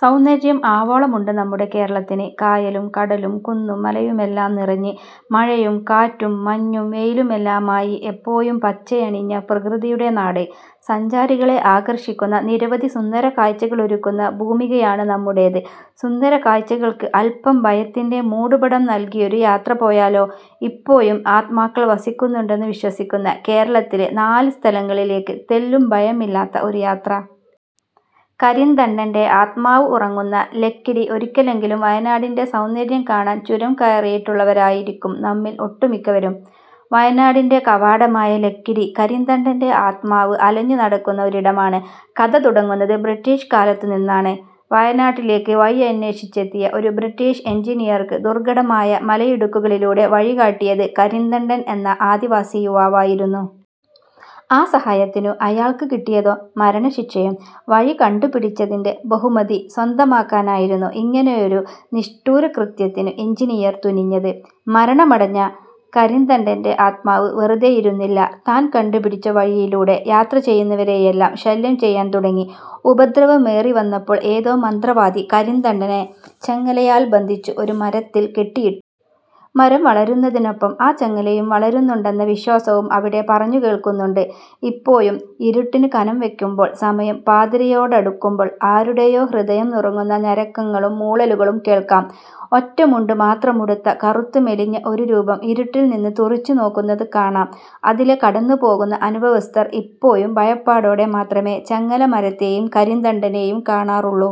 സൗന്ദര്യം ആവോളമുണ്ട് നമ്മുടെ കേരളത്തിന്. കായലും കടലും കുന്നും മലയുമെല്ലാം നിറഞ്ഞ് മഴയും കാറ്റും മഞ്ഞും വെയിലുമെല്ലാമായി എപ്പോഴും പച്ചയണിഞ്ഞ പ്രകൃതിയുടെ നാട്. സഞ്ചാരികളെ ആകർഷിക്കുന്ന നിരവധി സുന്ദരകാഴ്ചകളൊരുക്കുന്ന ഭൂമികയാണ് നമ്മുടേത്. സുന്ദര കാഴ്ചകൾക്ക് അല്പം ഭയത്തിന്റെ മൂടുപടം നൽകിയൊരു യാത്ര പോയാലോ? ഇപ്പോഴും ആത്മാക്കൾ വസിക്കുന്നുണ്ടെന്നു വിശ്വസിക്കുന്ന കേരളത്തിലെ നാല് സ്ഥലങ്ങളിലേക്ക് തെല്ലും ഭയമില്ലാത്ത ഒരു യാത്ര. കരിന്തണ്ടന്റെ ആത്മാവ് ഉറങ്ങുന്ന ലക്കിടി ഒരിക്കലെങ്കിലും വയനാടിന്റെ സൗന്ദര്യം കാണാൻ ചുരം കയറിയിട്ടുള്ളവരായിരിക്കും നമ്മിൽ ഒട്ടുമിക്കവരും. വയനാടിന്റെ കവാടമായ ലക്കിടി, കരിന്തണ്ടന്റെ ആത്മാവ് അലഞ്ഞു നടക്കുന്ന ഒരിടമാണ്. കഥ തുടങ്ങുന്നത് ബ്രിട്ടീഷ് കാലത്തു നിന്നാണ്. വയനാട്ടിലേക്ക് വഴിയന്വേഷിച്ചെത്തിയ ഒരു ബ്രിട്ടീഷ് എഞ്ചിനീയർക്കു ദുർഘടമായ മലയിടുക്കുകളിലൂടെ വഴികാട്ടിയത് കരിന്തണ്ടൻ എന്ന ആദിവാസി യുവാവായിരുന്നു. ആ സഹായത്തിനു അയാൾക്ക് കിട്ടിയതോ മരണശിക്ഷയും. വഴി കണ്ടുപിടിച്ചതിന്റെ ബഹുമതി സ്വന്തമാക്കാനായിരുന്നു ഇങ്ങനൊരു നിഷ്ഠൂരകൃത്യത്തിനു എഞ്ചിനീയർ തുനിഞ്ഞത്. മരണമടഞ്ഞ കരിന്തണ്ടന്റെ ആത്മാവ് വെറുതെയിരുന്നില്ല. താൻ കണ്ടുപിടിച്ച വഴിയിലൂടെ യാത്ര ചെയ്യുന്നവരെയെല്ലാം ശല്യം ചെയ്യാൻ തുടങ്ങി. ഉപദ്രവമേറി വന്നപ്പോൾ ഏതോ മന്ത്രവാദി കരിന്തണ്ടനെ ചങ്ങലയാൽ ബന്ധിച്ചു ഒരു മരത്തിൽ കെട്ടിയിട്ടു. മരം വളരുന്നതിനൊപ്പം ആ ചങ്ങലയും വളരുന്നുണ്ടെന്ന വിശ്വാസവും അവിടെ പറഞ്ഞു കേൾക്കുന്നുണ്ട്. ഇപ്പോഴും ഇരുട്ടിനു കനംവയ്ക്കമ്പോൾ സമയം പാതിരയോടടുക്കുമ്പോൾ ആരുടെയോ ഹൃദയം നുറുങ്ങുന്ന ഞരക്കങ്ങളും മൂളലുകളും കേൾക്കാം ഒറ്റമുണ്ടു മാത്രമുടുത്ത, കറുത്ത് മെലിഞ്ഞ ഒരു രൂപം ഇരുട്ടിൽ നിന്ന് തുറിച്ചു നോക്കുന്നതു കാണാം അതിലെ കടന്നു പോകുന്ന അനുഭവസ്ഥർ ഇപ്പോഴും ഭയപ്പാടോടെ മാത്രമേ ചങ്ങല മരത്തെയും കരിന്തണ്ടനെയും കാണാറുള്ളൂ.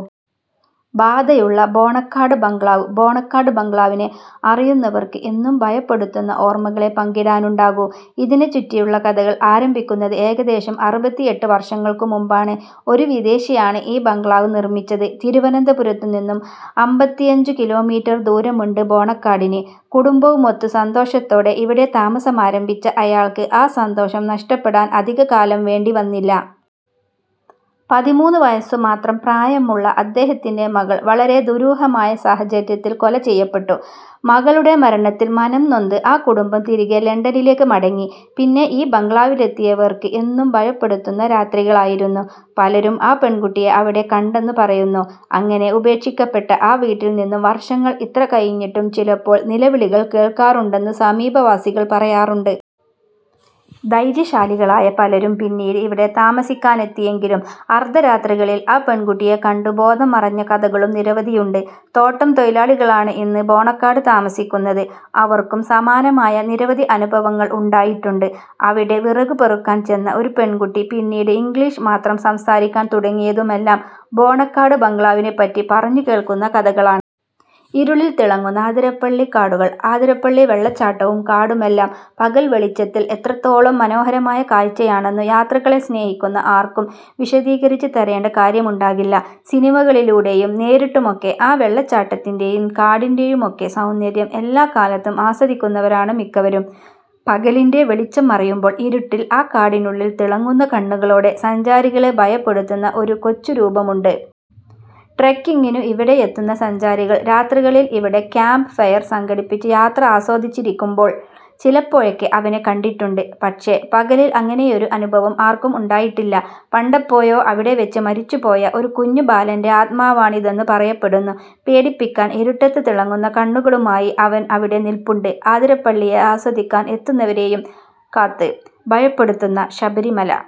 ബാധയുള്ള ബോണക്കാട് ബംഗ്ലാവ് ബോണക്കാട് ബംഗ്ലാവിനെ അറിയുന്നവർക്ക് എന്നും ഭയപ്പെടുത്തുന്ന ഓർമ്മകളെ പങ്കിടാനുണ്ടാകൂ. ഇതിനെ ചുറ്റിയുള്ള കഥകൾ ആരംഭിക്കുന്നത് ഏകദേശം അറുപത്തിഎട്ട് വർഷങ്ങൾക്കു മുമ്പാണ്. ഒരു വിദേശിയാണ് ഈ ബംഗ്ലാവ് നിർമ്മിച്ചത്. തിരുവനന്തപുരത്തു നിന്നും അമ്പത്തിയഞ്ചുകിലോമീറ്റർ ദൂരമുണ്ട് ബോണക്കാടിന്. കുടുംബവുമൊത്തു സന്തോഷത്തോടെ ഇവിടെ താമസമാരംഭിച്ച അയാൾക്ക്, ആ സന്തോഷം നഷ്ടപ്പെടാൻ അധിക കാലം വേണ്ടി വന്നില്ല. പതിമൂന്നു വയസ്സു മാത്രം പ്രായമുള്ള അദ്ദേഹത്തിന്റെ മകൾ വളരെ ദുരൂഹമായ സാഹചര്യത്തിൽ കൊല ചെയ്യപ്പെട്ടു. മകളുടെ മരണത്തിൽ മനംനൊന്ത് ആ കുടുംബം തിരികെ ലണ്ടനിലേക്ക് മടങ്ങി. പിന്നെ ഈ ബംഗ്ലാവിലെത്തിയവർക്ക് എന്നും ഭയപെടുത്തുന്ന രാത്രികളായിരുന്നു. പലരും ആ പെൺകുട്ടിയെ അവിടെ കണ്ടെന്നു പറയുന്നു. അങ്ങനെ ഉപേക്ഷിക്കപ്പെട്ട ആ വീട്ടിൽ നിന്നും വർഷങ്ങൾ ഇത്ര കഴിഞ്ഞിട്ടും ചിലപ്പോൾ നിലവിളികൾ കേൾക്കാറുണ്ടെന്നു സമീപവാസികൾ പറയാറുണ്ട്. ധൈര്യശാലികളായ പലരും പിന്നീട് ഇവിടെ താമസിക്കാനെത്തിയെങ്കിലും അർധരാത്രികളിൽ ആ പെൺകുട്ടിയെ കണ്ടു ബോധം മറഞ്ഞ കഥകളും നിരവധിയുണ്ട്. തോട്ടം തൊഴിലാളികളാണ് ഇന്ന് ബോണക്കാട് താമസിക്കുന്നത്. അവർക്കും സമാനമായ നിരവധി അനുഭവങ്ങൾ ഉണ്ടായിട്ടുണ്ട്. അവിടെ വിറകു പെറുക്കാൻ ചെന്ന ഒരു പെൺകുട്ടി പിന്നീട് ഇംഗ്ലീഷ് മാത്രം സംസാരിക്കാൻ തുടങ്ങിയതുമെല്ലാം ബോണക്കാട് ബംഗ്ലാവിനെ പറ്റി പറഞ്ഞു കേൾക്കുന്ന കഥകളാണ്. ഇരുളിൽ തിളങ്ങുന്ന അതിരപ്പള്ളി കാടുകൾ അതിരപ്പള്ളി വെള്ളച്ചാട്ടവും കാടുമെല്ലാം പകൽ വെളിച്ചത്തിൽ എത്രത്തോളം മനോഹരമായ കാഴ്ചയാണെന്നു യാത്രകളെ സ്നേഹിക്കുന്ന ആർക്കും വിശദീകരിച്ചു തരേണ്ട കാര്യമുണ്ടാകില്ല. സിനിമകളിലൂടെയും നേരിട്ടുമൊക്കെ ആ വെള്ളച്ചാട്ടത്തിന്റെയും കാടിന്റെയുമൊക്കെ സൗന്ദര്യം എല്ലാക്കാലത്തും ആസ്വദിക്കുന്നവരാണ് മിക്കവരും. പകലിന്റെ വെളിച്ചം മറയുമ്പോൾ. ഇരുട്ടിൽ ആ കാടിനുള്ളിൽ തിളങ്ങുന്ന കണ്ണുകളോടെ സഞ്ചാരികളെ ഭയപ്പെടുത്തുന്ന ഒരു കൊച്ചു രൂപമുണ്ട്. ട്രെക്കിങ്ങിനു ഇവിടെയെത്തുന്ന സഞ്ചാരികൾ രാത്രികളിൽ ഇവിടെ ക്യാമ്പ് ഫെയർ സംഘടിപ്പിച്ചു യാത്ര ആസ്വദിച്ചിരിക്കുമ്പോൾ, ചിലപ്പോഴൊക്കെ അവനെ കണ്ടിട്ടുണ്ട്. പക്ഷേ പകലിൽ അങ്ങനെയൊരു അനുഭവം ആർക്കും ഉണ്ടായിട്ടില്ല. പണ്ടെപ്പോഴോ അവിടെ വെച്ച് മരിച്ചുപോയ ഒരു കുഞ്ഞു ബാലന്റെ ആത്മാവാണിതെന്നു പറയപ്പെടുന്നു. പേടിപ്പിക്കാൻ ഇരുട്ടത്ത് തിളങ്ങുന്ന കണ്ണുകളുമായി അവൻ അവിടെ നിൽപ്പുണ്ട് അതിരപ്പള്ളിയെ ആസ്വദിക്കാൻ എത്തുന്നവരെയും കാത്ത്. ഭയപ്പെടുത്തുന്ന ശബരിമല.